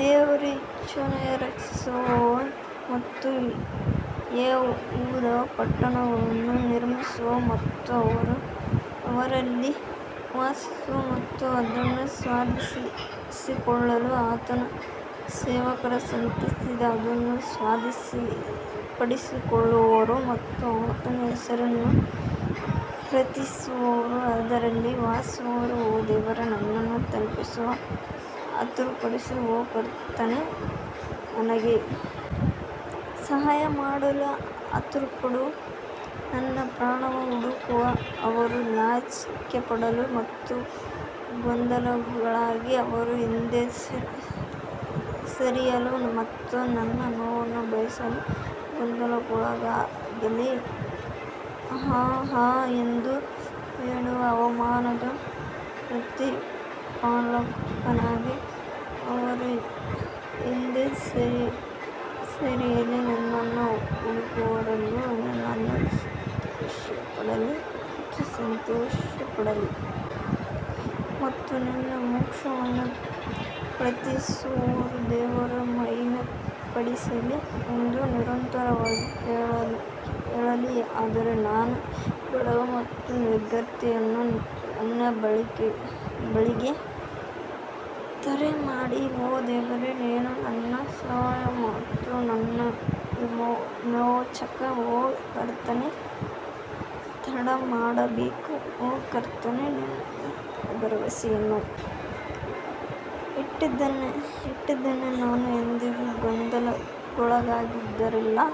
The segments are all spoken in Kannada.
ದೇವರು ಚೀಯೋನನ್ನು ರಕ್ಷಿಸುವನು ಮತ್ತು ಯೆಹೂದದ ಪಟ್ಟಣಗಳನ್ನು ನಿರ್ಮಿಸುವನು ಮತ್ತು ಅವರು ಅಲ್ಲಿ ವಾಸಿಸುವ ಮತ್ತು ಅದನ್ನು ಸ್ವಾಧೀನಪಡಿಸಿಕೊಳ್ಳುವರು. ಆತನ ಸೇವಕರ ಸಂತತಿಯೂ ಅದನ್ನು ಸ್ವಾಧೀನಪಡಿಸಿಕೊಳ್ಳುವರು ಮತ್ತು ಆತನ ಹೆಸರನ್ನು ಪ್ರೀತಿಸುವವರು ಅದರಲ್ಲಿ ವಾಸಿಸುವರು ಓ ದೇವರೇ ನನ್ನನ್ನು ತಲುಪಿಸಲು ಆತುರಪಡಿಸು ಓ ಕರ್ತನೇ ನನಗೆ ಸಹಾಯ ಮಾಡಲು ಆತುರಪಡು ನನ್ನ ಪ್ರಾಣವನ್ನು ಹುಡುಕುವ ಅವರು ನಾಚಿಕೆಪಡಲಿ ಮತ್ತು ಗೊಂದಲಕ್ಕೊಳಗಾಗಲಿ, ಅವರು ಹಿಂದೆ ಸರಿಯಲಿ ಮತ್ತು ನನ್ನ ನೋವನ್ನು ಬಯಸುವ ಗೊಂದಲಕ್ಕೊಳಗಾಗಲಿ ಆಹಾ ಆಹಾ ಎಂದು ಹೇಳುವ ಅವಮಾನದ ಪ್ರತಿಫಲಕ್ಕಾಗಿ ಅವರು ಹಿಂದೆ ಸರಿಯಲಿ ನಿನ್ನನ್ನು ಹುಡುಕುವವರೆಲ್ಲರೂ ನಿನ್ನಲ್ಲಿ ಸಂತೋಷಪಡಲಿ ಮತ್ತು ಸಂತೋಷಪಡಲಿ ಮತ್ತು ನಿನ್ನ ಮೋಕ್ಷವನ್ನು ಪ್ರೀತಿಸುವವರು ದೇವರನ್ನು ಮಹಿಮೆಪಡಿಸಲಿ ಎಂದು ನಿರಂತರವಾಗಿ ಹೇಳಲಿ ಆದರೆ ನಾನು ಬಡವ ಮತ್ತು ನಿರ್ಗತಿಕನು ನನ್ನ ಬಳಿಗೆ ತ್ವರೆಮಾಡಿ ಓ ದೇವರೇ ನೀನು ನನ್ನ ಸಹಾಯ ಮತ್ತು ನನ್ನ ವಿಮೋಚಕ ಓ ಕರ್ತನೇ ತಡಮಾಡಬೇಡ ಓ ಕರ್ತನೇ ನಿನ್ನಲ್ಲಿ ನನ್ನ ಭರವಸೆಯನ್ನು ಇಟ್ಟಿದ್ದೇನೆ ನಾನು ಎಂದಿಗೂ ಗೊಂದಲಕ್ಕೊಳಗಾಗದಿರಲಿ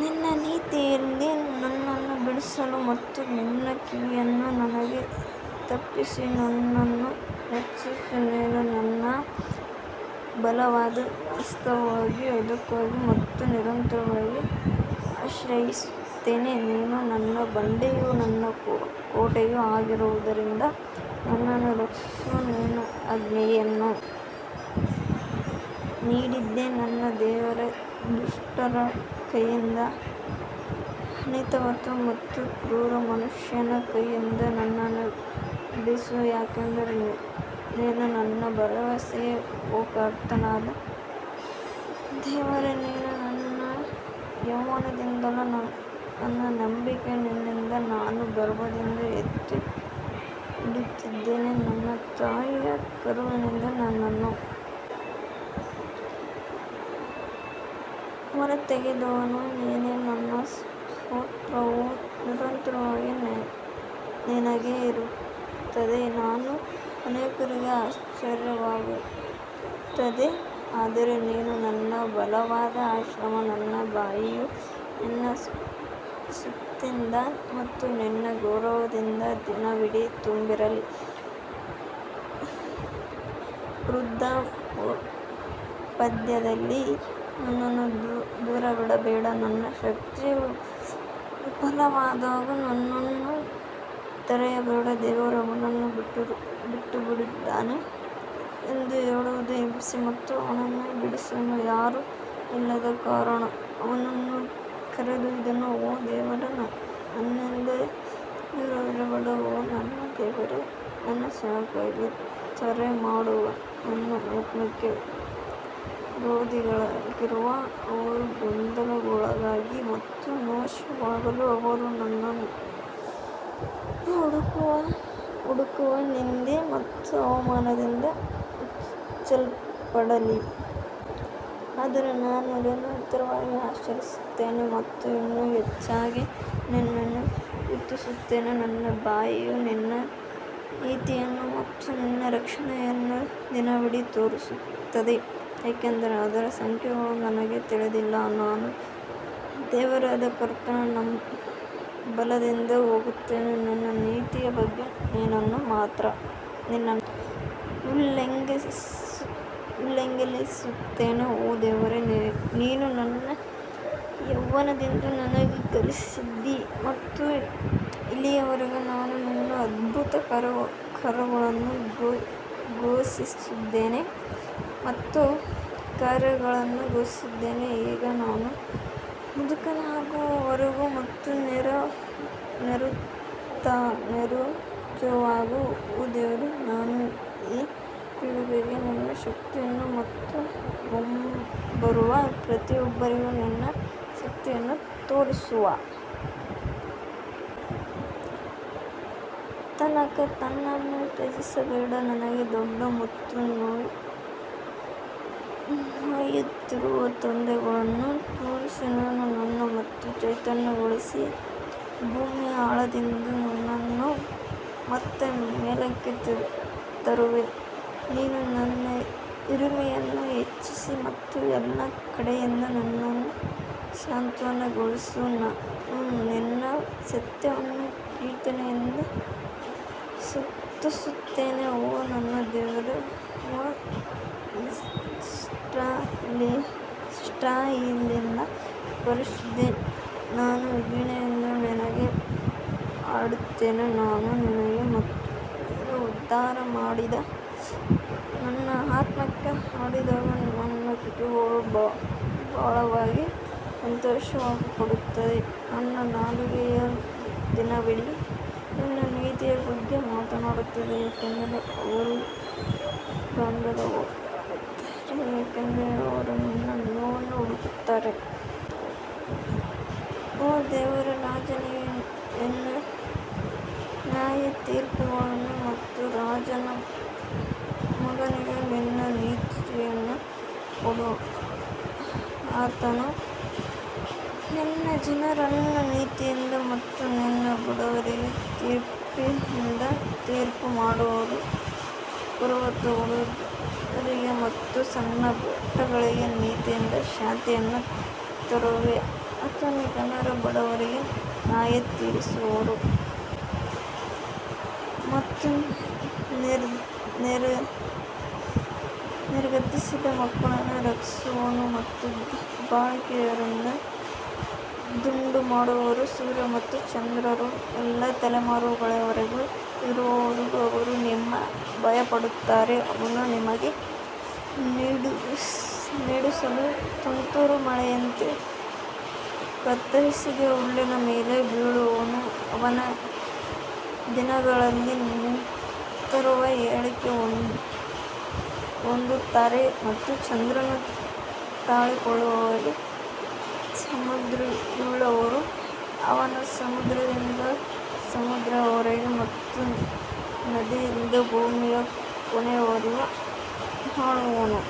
ನಿನ್ನ ನೀತಿಯಲ್ಲಿ ನನ್ನನ್ನು ಬಿಡಿಸು ಮತ್ತು ನಿನ್ನ ಕಿವಿಯನ್ನು ನನಗೆ ತಪ್ಪಿಸಿ ನನ್ನನ್ನು ರಕ್ಷಿಸು ನೀನು ನನ್ನ ಬಲವಾದ ವಾಸಸ್ಥಾನವಾಗು, ಅದಕ್ಕಾಗಿ ನಾನು ನಿರಂತರವಾಗಿ ಆಶ್ರಯಿಸುತ್ತೇನೆ, ನೀನು ನನ್ನ ಬಂಡೆಯೂ ನನ್ನ ಕೋಟೆಯೂ ಆಗಿರುವುದರಿಂದ ನನ್ನನ್ನು ರಕ್ಷಿಸಲು ನೀನು ಆಜ್ಞೆಯನ್ನು ನೀಡಿದ್ದೀ ನನ್ನ ದೇವರೇ, ದುಷ್ಟರ ಕೈಯಿಂದ ಅನೀತಿವಂತ ಮತ್ತು ಕ್ರೂರ ಮನುಷ್ಯನ ಕೈಯಿಂದ ನನ್ನನ್ನು ಬಿಡಿಸು ಯಾಕಂದರೆ ನೀನು ನನ್ನ ಭರವಸೆ ಓ ಕರ್ತನಾದ ದೇವರೇ ನೀನು ನನ್ನ ಯೌವನದಿಂದಲೂ ನನ್ನ ನಂಬಿಕೆ ನಿನ್ನಿಂದ ನಾನು ಗರ್ಭದಿಂದ ಎತ್ತಿ ಹಿಡಿದಿದ್ದೇನೆ ನನ್ನ ತಾಯಿಯ ಕರುಳಿನಿಂದ ನನ್ನನ್ನು ಹೊರತೆಗೆದವನು ನೀನೇ ನನ್ನ ಸ್ತೋತ್ರವು ನಿರಂತರವಾಗಿ ನಿನಗೆ ಇರುತ್ತದೆ ನಾನು ಅನೇಕರಿಗೆ ಆಶ್ಚರ್ಯವಾಗಿದ್ದೇನೆ ಆದರೆ ನೀನು ನನ್ನ ಬಲವಾದ ಆಶ್ರಯ ನನ್ನ ಬಾಯಿಯು ನಿನ್ನ ಸ್ತುತಿಯಿಂದ ಮತ್ತು ನಿನ್ನ ಗೌರವದಿಂದ ದಿನವಿಡೀ ತುಂಬಿರಲಿ ವೃದ್ಧಾಪ್ಯದಲ್ಲಿ ನನ್ನನ್ನು ದೂರವಿಡಬೇಡ ನನ್ನ ಶಕ್ತಿಯು ವಿಫಲವಾದಾಗ ನನ್ನನ್ನು ತೊರೆಯಬೇಡ ದೇವರು ಅವನನ್ನು ಬಿಟ್ಟುಬಿಟ್ಟಿದ್ದಾನೆ ಎಂದು ಹೇಳುವುದು ಹಿಂಸೆ ಮತ್ತು ಅವನನ್ನು ಬಿಡಿಸಲು ಯಾರೂ ಇಲ್ಲದ ಕಾರಣ ಅವನನ್ನು ಕರೆದೊಯ್ದನು ಓ ದೇವರೇ ನನ್ನಿಂದ ದೂರವಿರಬೇಡ ಓ ನನ್ನ ದೇವರೇ ನನ್ನ ಸಹಾಯಕ್ಕಾಗಿ ತ್ವರೆ ಮಾಡು ನನ್ನ ಆತ್ಮಕ್ಕೆ ವಿರೋಧಿಗಳಾಗಿರುವ ಅವರು ಗೊಂದಲಕ್ಕೊಳಗಾಗಲಿ ಮತ್ತು ನಾಶವಾಗಲಿ, ಅವರು ನನ್ನ ನೋವನ್ನು ಹುಡುಕುವ ನಿಂದೆ ಮತ್ತು ಅವಮಾನದಿಂದ ಮುಚ್ಚಲ್ಪಡಲಿ. ಆದರೆ ನಾನು ನಿರಂತರವಾಗಿ ಆಶಿಸುತ್ತೇನೆ ಮತ್ತು ಇನ್ನೂ ಹೆಚ್ಚಾಗಿ ನಿನ್ನನ್ನು ಸ್ತುತಿಸುತ್ತೇನೆ ನನ್ನ ಬಾಯಿಯು ನಿನ್ನ ನೀತಿಯನ್ನು ಮತ್ತು ನಿನ್ನ ರಕ್ಷಣೆಯನ್ನು ದಿನವಿಡೀ ತೋರಿಸುತ್ತದೆ, ಏಕೆಂದರೆ ಅದರ ಸಂಖ್ಯೆಗಳು ನನಗೆ ತಿಳಿದಿಲ್ಲ. ನಾನು ದೇವರಾದ ಕರ್ತನ ಬಲದಿಂದ ಹೋಗುತ್ತೇನೆ, ನಿನ್ನ ನೀತಿಯ ಬಗ್ಗೆ ನಿನ್ನನ್ನು ಮಾತ್ರ ಉಲ್ಲೇಖಿಸುತ್ತೇನೆ ಓ ದೇವರೇ, ನೀನು ನನ್ನ ಯೌವನದಿಂದ ನನಗೆ ಕಲಿಸಿದ್ದೀ ಮತ್ತು ಇಲ್ಲಿಯವರೆಗೆ ನಾನು ನಿನ್ನ ಅದ್ಭುತ ಕಾರ್ಯಗಳನ್ನು ಘೋಷಿಸಿದ್ದೇನೆ ಈಗ ನಾನು ಮುದುಕನಾಗಿರುವಾಗ ಮತ್ತು ನರೆತಿರುವಾಗ ಓ ದೇವರೇ, ನಾನು ಈ ಪೀಳಿಗೆಗೆ ನಿನ್ನ ಶಕ್ತಿಯನ್ನು ಮತ್ತು ಮುಂಬರುವ ಪ್ರತಿಯೊಬ್ಬರಿಗೆ ನಿನ್ನ ಶಕ್ತಿಯನ್ನು ತೋರಿಸುವ ತನಕ ನನ್ನನ್ನು ತ್ಯಜಿಸಬೇಡ ನನಗೆ ದೊಡ್ಡ ಮತ್ತು ನೋಯುತ್ತಿರುವ ತೊಂದರೆಗಳನ್ನು ತೋರಿಸಿದ ನೀನು ನನ್ನನ್ನು ಮತ್ತೆ ಚೈತನ್ಯಗೊಳಿಸಿ ಭೂಮಿಯ ಆಳದಿಂದ ನನ್ನನ್ನು ಮತ್ತೆ ಮೇಲಕ್ಕೆ ತರುವೆ ನೀನು ನನ್ನ ಹಿರಿಮೆಯನ್ನು ಹೆಚ್ಚಿಸಿ ಮತ್ತು ಎಲ್ಲಾ ಕಡೆಯಿಂದ ನನ್ನನ್ನು ಸಾಂತ್ವನಗೊಳಿಸು ನಾನು ನಿನ್ನ ಸತ್ಯವನ್ನು ಕೀರ್ತನೆಯಿಂದ ಸ್ತುತಿಸುತ್ತೇನೆ ಓ ನನ್ನ ದೇವರೇ, ಓ ಇಸ್ರಾಯೇಲಿನ ಪರಿಶುದ್ಧನೇ, ನಾನು ವೀಣೆಯಿಂದ ನಿನಗೆ ಹಾಡುತ್ತೇನೆ ನಾನು ನಿನಗೆ ಮತ್ತು ನೀನು ಉದ್ಧಾರ ಮಾಡಿದ ನನ್ನ ಆತ್ಮಕ್ಕೆ ಹಾಡಿದಾಗ ನನ್ನ ತುಟಿಗಳು ಬಹಳವಾಗಿ ಸಂತೋಷಪಡುತ್ತವೆ ನನ್ನ ನಾಲಿಗೆಯು ದಿನವಿಡೀ ನಿನ್ನ ನೀತಿಯ ಬಗ್ಗೆ ಮಾತನಾಡುತ್ತದೆ ಏಕೆಂದರೆ ಅವರು ಗೊಂದಲಕ್ಕೊಳಗಾಗುತ್ತಾರೆ, ಏಕೆಂದರೆ ಅವರು ನನ್ನ ನೋವನ್ನು ಹುಡುಕುತ್ತಾರೆ. ಓ ದೇವರೇ, ರಾಜನಿಗೆ ನಿನ್ನ ನ್ಯಾಯತೀರ್ಪುಗಳನ್ನು ಮತ್ತು ರಾಜನ ಮಗನಿಗೆ ನಿನ್ನ ನೀತಿಯನ್ನು ಕೊಡು ಆತನು ನಿನ್ನ ಜನರನ್ನು ನೀತಿಯಿಂದ ಮತ್ತು ನಿನ್ನ ಬಡವರಿಗೆ ತೀರ್ಪಿನಿಂದ ತೀರ್ಪು ಮಾಡುವನು ಪರ್ವತಗಳು ಜನರಿಗೆ ಮತ್ತು ಸಣ್ಣ ಬೆಟ್ಟಗಳಿಗೆ ನೀತಿಯಿಂದ ಶಾಂತಿಯನ್ನು ತರುತ್ತವೆ ಆತನು ಜನರ ಬಡವರಿಗೆ ನ್ಯಾಯತೀರಿಸುವನು ಮತ್ತು ನಿರ್ಗತಿಕರ ಮಕ್ಕಳನ್ನು ರಕ್ಷಿಸುವನು ಮತ್ತು ದಬ್ಬಾಳಿಕೆಯವರನ್ನು ತುಂಡುಮಾಡುವನು ಸೂರ್ಯ ಮತ್ತು ಚಂದ್ರರು ಎಲ್ಲಾ ತಲೆಮಾರುಗಳವರೆಗೆ ಇರುವವರೆಗೂ ಅವರು ನಿಮಗೆ ಭಯಪಡುತ್ತಾರೆ ಅವನು ಭೂಮಿಗೆ ನೀರುಣಿಸುವ ತುಂತುರು ಮಳೆಯಂತೆ ಕತ್ತರಿಸಿದ ಹುಲ್ಲಿನ ಮೇಲೆ ಬೀಳುವನು ಅವನ ದಿನಗಳಲ್ಲಿ ನೀತಿವಂತರು ಏಳಿಗೆ ಹೊಂದುತ್ತಾರೆ ಮತ್ತು ಚಂದ್ರನು ತಾಳಿಕೊಳ್ಳುವವರೆಗೆ ಸಮೃದ್ಧಿಯುಳ್ಳವರು ಅವನು ಸಮುದ್ರದಿಂದ ಸಮುದ್ರದವರೆಗೆ ಮತ್ತು ನದಿಯಿಂದ ಭೂಮಿಯ ಕೊನೆಯವರೆಗೂ ಆಳುವನು.